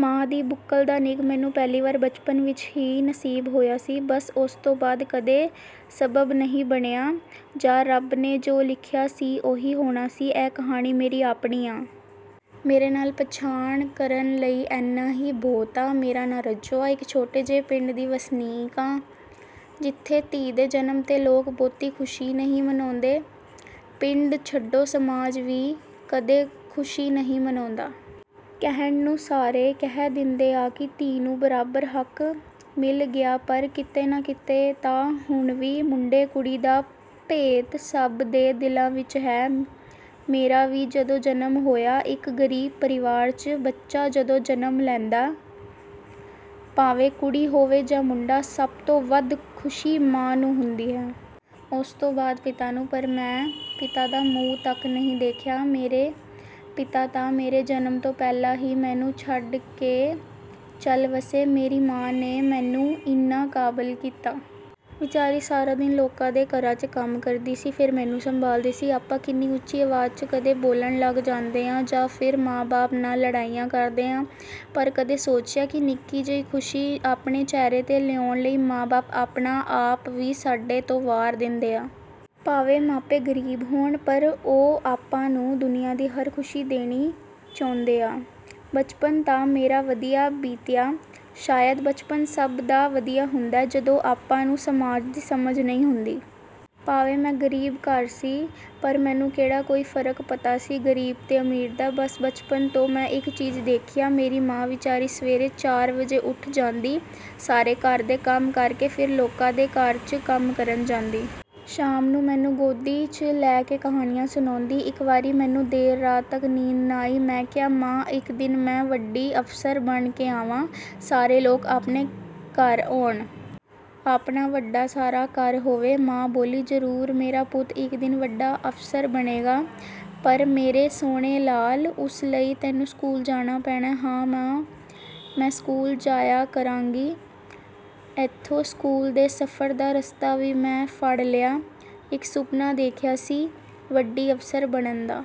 ਮਾਂ ਦੀ ਬੁੱਕਲ ਦਾ ਨਿੱਘ ਮੈਨੂੰ ਪਹਿਲੀ ਵਾਰ ਬਚਪਨ ਵਿੱਚ ਹੀ ਨਸੀਬ ਹੋਇਆ ਸੀ। ਬਸ, ਉਸ ਤੋਂ ਬਾਅਦ ਕਦੇ ਸਬੱਬ ਨਹੀਂ ਬਣਿਆ, ਜਾਂ ਰੱਬ ਨੇ ਜੋ ਲਿਖਿਆ ਸੀ ਉਹੀ ਹੋਣਾ ਸੀ। ਇਹ ਕਹਾਣੀ ਮੇਰੀ ਆਪਣੀ ਆਂ। ਮੇਰੇ ਨਾਲ ਪਛਾਣ ਕਰਨ ਲਈ ਇੰਨਾ ਹੀ ਬਹੁਤ ਆ। ਮੇਰਾ ਨਾਂ ਰੱਜੋ ਆ, ਇਕ ਛੋਟੇ ਜਿਹੇ ਪਿੰਡ ਦੀ ਵਸਨੀਕ ਆਂ, ਜਿੱਥੇ ਧੀ ਦੇ ਜਨਮ 'ਤੇ ਲੋਕ ਬਹੁਤੀ ਖੁਸ਼ੀ ਨਹੀਂ ਮਨਾਉਂਦੇ। ਪਿੰਡ ਛੱਡੋ, ਸਮਾਜ ਵੀ ਕਦੇ ਖੁਸ਼ੀ ਨਹੀਂ ਮਨਾਉਂਦਾ। ਕਹਿਣ ਨੂੰ ਸਾਰੇ ਕਹਿ ਦਿੰਦੇ ਆ ਕਿ ਧੀ ਨੂੰ ਬਰਾਬਰ ਹੱਕ ਮਿਲ ਗਿਆ ਪਰ ਕਿਤੇ ਨਾ ਕਿਤੇ ਤਾਂ ਹੁਣ ਵੀ ਮੁੰਡੇ-ਕੁੜੀ ਦਾ ਭੇਤ ਸਭ ਦੇ ਦਿਲਾਂ ਵਿੱਚ ਹੈ। ਮੇਰਾ ਵੀ ਜਦੋਂ ਜਨਮ ਹੋਇਆ, ਇਕ ਗਰੀਬ ਪਰਿਵਾਰ 'ਚ ਬੱਚਾ ਜਦੋਂ ਜਨਮ ਲੈਂਦਾ, ਭਾਵੇਂ ਕੁੜੀ ਹੋਵੇ ਜਾਂ ਮੁੰਡਾ, ਸਭ ਤੋਂ ਵੱਧ ਖੁਸ਼ੀ ਮਾਂ ਨੂੰ ਹੁੰਦੀ ਹੈ। ਉਸ ਤੋਂ ਬਾਅਦ ਪਿਤਾ ਨੂੰ। ਪਰ, ਮੈਂ ਪਿਤਾ ਦਾ ਮੂੰਹ ਤੱਕ ਨਹੀਂ ਦੇਖਿਆ। ਮੇਰੇ ਪਿਤਾ ਤਾਂ ਮੇਰੇ ਜਨਮ ਤੋਂ ਪਹਿਲਾਂ ਹੀ ਮੈਨੂੰ ਛੱਡ ਕੇ ਚੱਲ ਵੱਸੇ। ਮੇਰੀ ਮਾਂ ਨੇ ਮੈਨੂੰ ਇੰਨਾ ਕਾਬਲ ਕੀਤਾ। ਵਿਚਾਰੀ ਸਾਰਾ ਦਿਨ ਲੋਕਾਂ ਦੇ ਘਰਾਂ 'ਚ ਕੰਮ ਕਰਦੀ ਸੀ, ਫਿਰ ਮੈਨੂੰ ਸੰਭਾਲਦੀ ਸੀ। ਆਪਾਂ ਕਿੰਨੀ ਉੱਚੀ ਆਵਾਜ਼ 'ਚ ਕਦੇ ਬੋਲਣ ਲੱਗ ਜਾਂਦੇ ਆਂ ਜਾਂ ਫਿਰ ਮਾਂ-ਬਾਪ ਨਾਲ ਲੜਾਈਆਂ ਕਰਦੇ ਆਂ, ਪਰ ਕਦੇ ਸੋਚਿਆ ਕਿ ਨਿੱਕੀ ਜਿਹੀ ਖੁਸ਼ੀ ਆਪਣੇ ਚਿਹਰੇ 'ਤੇ ਲਿਆਉਣ ਲਈ ਮਾਂ-ਬਾਪ ਆਪਣਾ ਆਪ ਵੀ ਸਾਡੇ ਤੋਂ ਵਾਰ ਦਿੰਦੇ ਆ। ਭਾਵੇਂ ਮਾਪੇ ਗਰੀਬ ਹੋਣ, ਪਰ ਉਹ ਆਪਾਂ ਨੂੰ ਦੁਨੀਆ ਦੀ ਹਰ ਖੁਸ਼ੀ ਦੇਣੀ ਚਾਹੁੰਦੇ ਆ। ਬਚਪਨ ਤਾਂ ਮੇਰਾ ਵਧੀਆ ਬੀਤਿਆ। ਸ਼ਾਇਦ ਬਚਪਨ ਸਭ ਦਾ ਵਧੀਆ ਹੁੰਦਾ, ਜਦੋਂ ਆਪਾਂ ਨੂੰ ਸਮਾਜ ਦੀ ਸਮਝ ਨਹੀਂ ਹੁੰਦੀ। ਭਾਵੇਂ ਮੈਂ ਗਰੀਬ ਘਰ ਸੀ, ਪਰ ਮੈਨੂੰ ਕਿਹੜਾ ਕੋਈ ਫਰਕ ਪਤਾ ਸੀ ਗਰੀਬ ਤੇ ਅਮੀਰ ਦਾ। ਬਸ ਬਚਪਨ ਤੋਂ ਮੈਂ ਇਕ ਚੀਜ਼ ਦੇਖੀ ਆ। ਮੇਰੀ ਮਾਂ ਵਿਚਾਰੀ ਸਵੇਰੇ ਚਾਰ ਵਜੇ ਉੱਠ ਜਾਂਦੀ, ਸਾਰੇ ਘਰ ਦੇ ਕੰਮ ਕਰ ਕੇ ਫਿਰ ਲੋਕਾਂ ਦੇ ਘਰਾਂ 'ਚ ਕੰਮ ਕਰਨ ਜਾਂਦੀ। ਸ਼ਾਮ ਨੂੰ ਮੈਨੂੰ ਗੋਦੀ 'ਚ ਲੈ ਕੇ ਕਹਾਣੀਆਂ ਸੁਣਾਉਂਦੀ। ਇਕ ਵਾਰੀ ਮੈਨੂੰ ਦੇਰ ਰਾਤ ਤੱਕ ਨੀਂਦ ਨਾ ਆਈ। ਮੈਂ ਕਿਹਾ, ''ਮਾਂ, ਇਕ ਦਿਨ ਮੈਂ ਵੱਡੀ ਅਫ਼ਸਰ ਬਣ ਕੇ ਆਵਾਂ। ਸਾਰੇ ਲੋਕ ਆਪਣੇ ਘਰ ਆਉਣ। ਆਪਣਾ ਵੱਡਾ ਸਾਰਾ ਘਰ ਹੋਵੇ।'' ਮਾਂ ਬੋਲੀ, ''ਜ਼ਰੂਰ ਮੇਰਾ ਪੁੱਤ ਇਕ ਦਿਨ ਵੱਡਾ ਅਫ਼ਸਰ ਬਣੇਗਾ। ਪਰ ਮੇਰੇ ਸੋਹਣੇ ਲਾਲ, ਉਸ ਲਈ ਤੈਨੂੰ ਸਕੂਲ ਜਾਣਾ ਪੈਣਾ।'' ''ਹਾਂ ਮਾਂ, ਮੈਂ ਸਕੂਲ ਜਾਇਆ ਕਰਾਂਗੀ।'' ਇੱਥੋਂ ਸਕੂਲ ਦੇ ਸਫ਼ਰ ਦਾ ਰਸਤਾ ਵੀ ਮੈਂ ਫੜ ਲਿਆ। ਇਕ ਸੁਪਨਾ ਦੇਖਿਆ ਸੀ- ਵੱਡੀ ਅਫ਼ਸਰ ਬਣਨ ਦਾ।